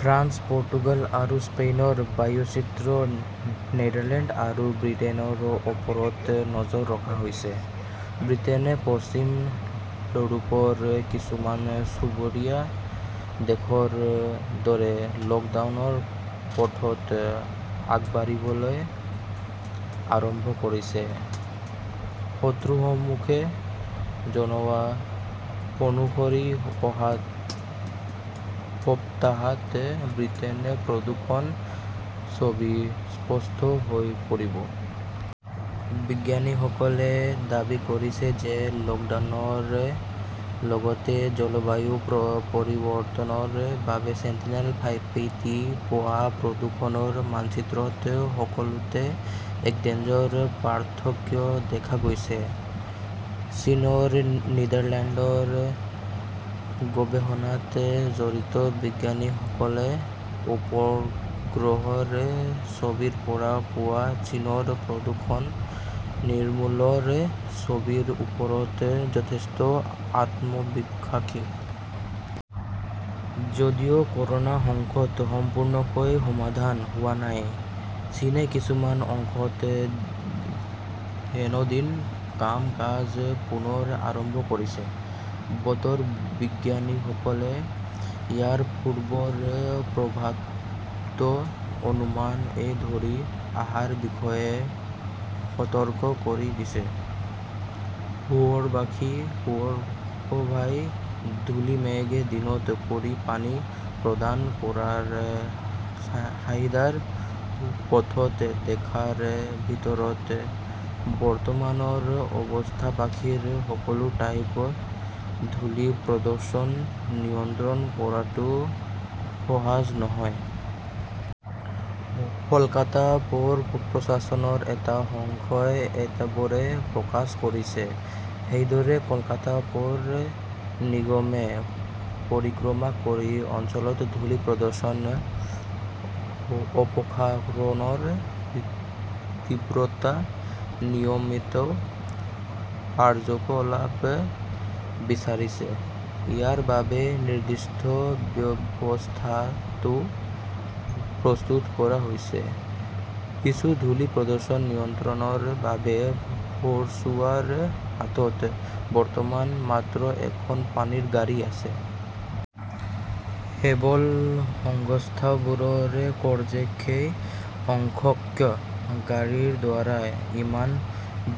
France, Portugal আৰু স্পেইনৰ বায়ুচিত্ৰ, নেদাৰলেণ্ড আৰু ব্ৰিটেইনৰ ওপৰতো নজৰ ৰখা হৈছে। ব্ৰিটেইনে পশ্চিম ইউৰোপৰ কিছুমান চুবুৰীয়া দেশৰ দৰে লকডাউনৰ পথত আগবাঢ়িবলৈ আৰম্ভ কৰিছে। সূত্ৰসমূহে জনোৱা অনুসৰি অহা সপ্তাহত ব্ৰিটেইনৰ প্ৰদূষণ-ছবি স্পষ্ট হৈ পৰিব। বিজ্ঞানীসকলে দাবী কৰিছে যে লকডাউনৰ লগতে জলবায়ু পৰিৱৰ্তনৰ বাবে ছেণ্টিনেল-পাঁচ পি-ত পোৱা প্ৰদূষণৰ মানচিত্ৰত সকলো ঠাইতে এক ডাঙৰ পাৰ্থক্য দেখা গৈছে। ছান 'ল নেদাৰলেণ্ডৰ গৱেষণাত জড়িত বিজ্ঞানীসকলে উপগ্ৰহৰ ছবিৰ পৰা পোৱা চীনৰ প্ৰদূষণ নিৰ্মূলৰ ছবিৰ ওপৰত যথেষ্ট আত্মবিশ্বাসী। যদিও কৰোনা সংকট সম্পূৰ্ণৰূপে সমাধান হোৱা নাই, চীনে কিছুমান অংশত দৈনন্দিন কাম-কাজ পুনৰ আৰম্ভ কৰিছে। বতৰ বিজ্ঞানীসকলে ইয়াৰ পূৰ্বৰ ৰূপটো ক্ৰমান্বয়ে ঘূৰি অহাৰ বিষয়েও সতৰ্ক কৰি দিছে। পৌৰসভাই ধূলি-ক্ষেত্ৰ চিনাক্ত কৰি পানী প্ৰদান কৰিব চহৰখনৰ পথৰ মুঠ দৈৰ্ঘ্যৰ ভিতৰত, বৰ্তমানৰ আন্তঃগাঁথনিৰ সকলো ঠাইতে ধূলি প্ৰদূষণ নিয়ন্ত্ৰণ কৰাটো সম্ভৱ নহয়। কলকাতা পৌৰ প্ৰশাসনৰ এটা অংশই এইটোৱেই প্ৰকাশ কৰিছে। সেয়েহে কলকাতা পৌৰ নিগমে পৰিকল্পনা কৰি অঞ্চলটোৰ ধূলি-প্ৰদূষণ অগ্ৰাধিকাৰৰ ভিত্তিত নিয়ন্ত্ৰণ কৰিবলৈ বিচাৰিছে। ইয়াৰ বাবে নিৰ্দিষ্ট ৰূপৰেখাও প্ৰস্তুত কৰা হৈছে। কিন্তু ধূলি-প্ৰদূষণ নিয়ন্ত্ৰণৰ বাবে পৌৰসভাৰ হাতত বৰ্তমান মাত্ৰ এখন পানীৰ গাড়ী আছে। কেৱল সংখ্যাবোৰে কয় যে সেই সংখ্যক গাড়ীৰ দ্বাৰা ইমান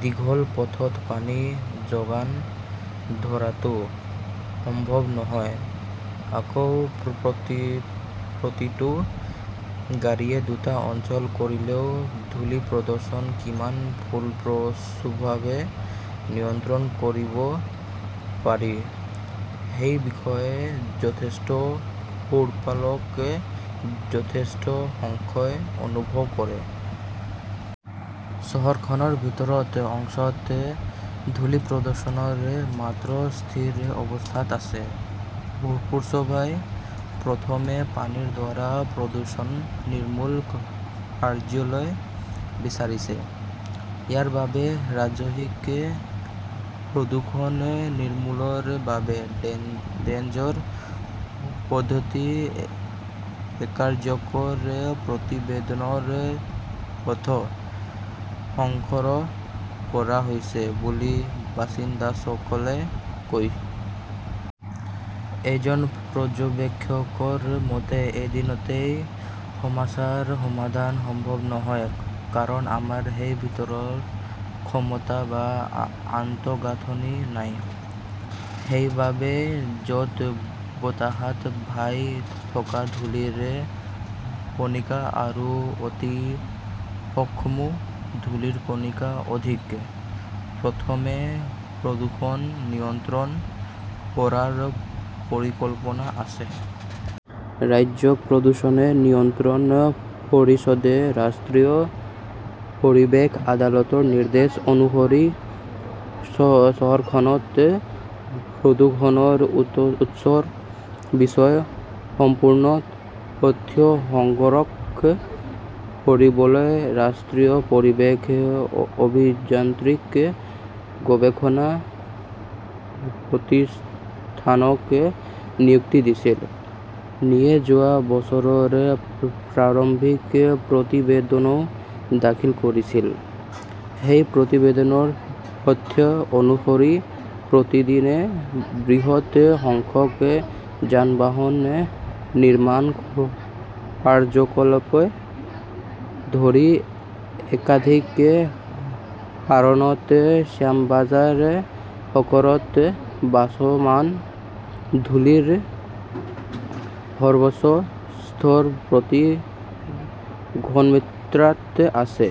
দীঘল পথত পানী যোগান ধৰাটো সম্ভৱ নহয়। আনকি প্ৰতিটো গাড়ীয়ে দুটা ভ্ৰমণ কৰিলেও ধূলি-প্ৰদূষণ কিমান ফলপ্ৰসূভাৱে নিয়ন্ত্ৰণ কৰিব পাৰি সেই বিষয়ে বহুতো পৌৰপালক যথেষ্ট সংশয় অনুভৱ কৰে। চহৰখনৰ যিবোৰ অঞ্চল ধূলি-প্ৰদূষণৰ ক্ষেত্ৰত শীৰ্ষ স্তৰত আছে, পৌৰসভাই প্ৰথমে পানীৰ দ্বাৰা প্ৰদূষণ নিয়ন্ত্ৰণ কৰিবলৈ বিচাৰিছে। ইয়াৰ বাবে ৰাজ্যিক প্ৰদূষণ নিয়ন্ত্ৰণ বৰ্ডৰ তথ্যৰ লগতে একাধিক প্ৰতিবেদনৰ তথ্য সংগ্ৰহ কৰা হৈছে বুলি বাসিন্দাসকলে কয়। এজন পূৰ্বপুৰুষৰ মতে, এদিনত এই সমস্যাৰ সমাধান সম্ভৱ নহয়। কাৰণ, আমাৰ সেই বিত্তীয় ক্ষমতা বা আন্তঃগাঁথনি নাই। সেয়েহে য'ত বতাহত ভাহি থকা ধূলিৰ কণিকা আৰু অতি সূক্ষ্ম ধূলিৰ কণিকা অধিক, প্ৰথমে প্ৰদূষণ নিয়ন্ত্ৰণ কৰাৰ পৰিকল্পনা আছে। ৰাজ্যিক প্ৰদূষণ নিয়ন্ত্ৰণ পৰিষদে ৰাষ্ট্ৰীয় পৰিৱেশ আদালতৰ নিৰ্দেশ অনুসৰি চহৰখনত প্ৰদূষণৰ উৎসৰ বিষয়ে সম্পূৰ্ণ তথ্য সংগ্ৰহ কৰিবলৈ ৰাষ্ট্ৰীয় পৰিৱেশ অভিযান্ত্ৰিক গৱেষণা প্ৰতিষ্ঠানক নিযুক্তি দিছিল। নিৰীয়ে যোৱা বছৰ প্ৰাৰম্ভিক প্ৰতিবেদনও দাখিল কৰিছিল। সেই প্ৰতিবেদনৰ তথ্য অনুসৰি, প্ৰতিদিনে বৃহৎ সংখ্যক যান-বাহন, নিৰ্মাণ কাৰ্যকলাপকে ধৰি একাধিক কাৰণত শ্যামবাজাৰ চক্ৰত ভাসমান ধূলিৰ সৰ্বোচ্চ স্তৰ প্ৰতি ঘনমিটাৰত আই.